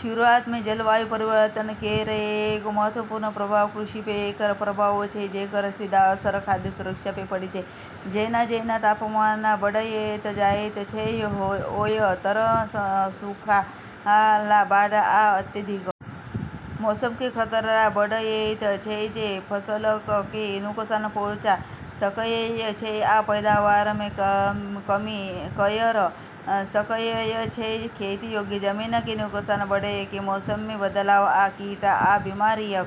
शुरूआत मे जलवायु परिवर्तन केरऽ एगो महत्वपूर्ण प्रभाव कृषि पे एकरऽ प्रभाव छै जेकरऽ सीधा असर खाद्य सुरक्षा पे पड़ै छै जेना-जेना तापमान बढ़एयत जायत छै, ओय तरह सं सूखा, बाढ़ आ अत्यधिक मौसम कें खतरा बढ़एयत छै जे फसलक कें नुकसान पहुंचा सकएय छै आ पैदावार मे कमी कयर सकएय छै, खेती योग्य जमीन कें नुकसान बढ़य कें मौसम मे बदलाव आ कीट आ बीमारियक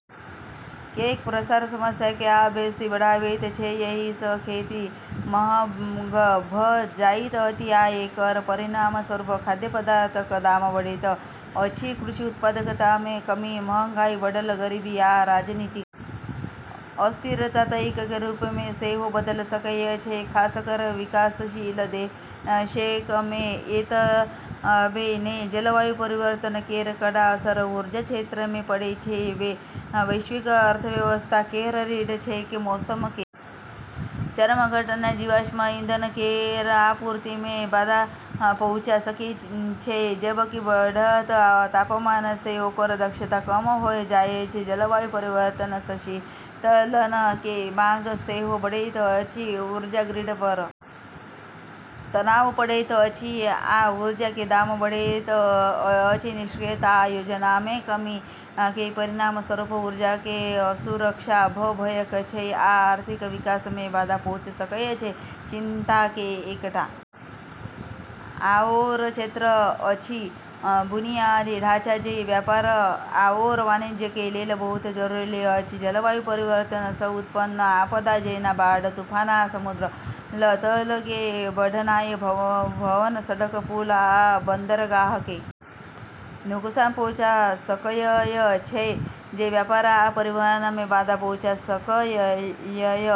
कें प्रसार समस्या कें आ बेसि बढ़ाबैत छै, एहि स खेती महग भ जाइत अछि आ एकर परिणामस्वरूप खाद्य पदार्थ क दाम बढ़ैत अछि, कृषि उत्पादकता मे कमी महंगाई, बढ़ल गरीबी आ राजनीतिक अस्थिरता तइक कें रूप मे सेहो बदल सकय छै, खासकर विकासशील देशक मे एतबे नै जलवायु परिवर्तन केरऽ कड़ा असर ऊर्जा क्षेत्र पे पड़ै छै जे वैश्विक अर्थव्यवस्था केरऽ रीढ़ छेकै, मौसम केरऽ चरम घटना जीवाश्म ईंधन केरऽ आपूर्ति मे बाधा पहुँचा सकै छै, जबकि बढ़तऽ तापमान से ओकरऽ दक्षता कम होय जाय छै, जलवायु परिवर्तन सं शीतलन के मांग सेहो बढ़ैत अछि, ऊर्जा ग्रिड पर तनाव पड़ैत अछि आ ऊर्जा के दाम बढ़ैत अछि, निष्क्रियता आ योजना कें कमी कें परिणामस्वरूप ऊर्जा कें असुरक्षा भ सकय छै आ आर्थिक विकास मे बाधा पहुंच सकय छै, चिंता के एकटा आओर क्षेत्र अछि बुनियादी ढांचा जे व्यापार आओर वाणिज्य के लेल बहुत जरूरी अछि, जलवायु परिवर्तन सं उत्पन्न आपदा जेना बाढ़, तूफान आ समुद्र तल कें बढ़नाय भवन, सड़क, पुल आ बंदरगाह कें नुकसान पहुंचा सकएय छै जे व्यापार आ परिवहन मे बाधा पहुंचा सकएय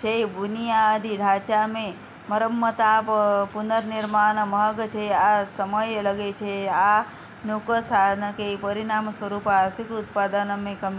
छै, बुनियादी ढाँचा कें मरम्मत आ पुनर्निर्माण महग छै आ समय लगै छै आ नुकसान कें परिणामस्वरूप आर्थिक उत्पादन मे कमी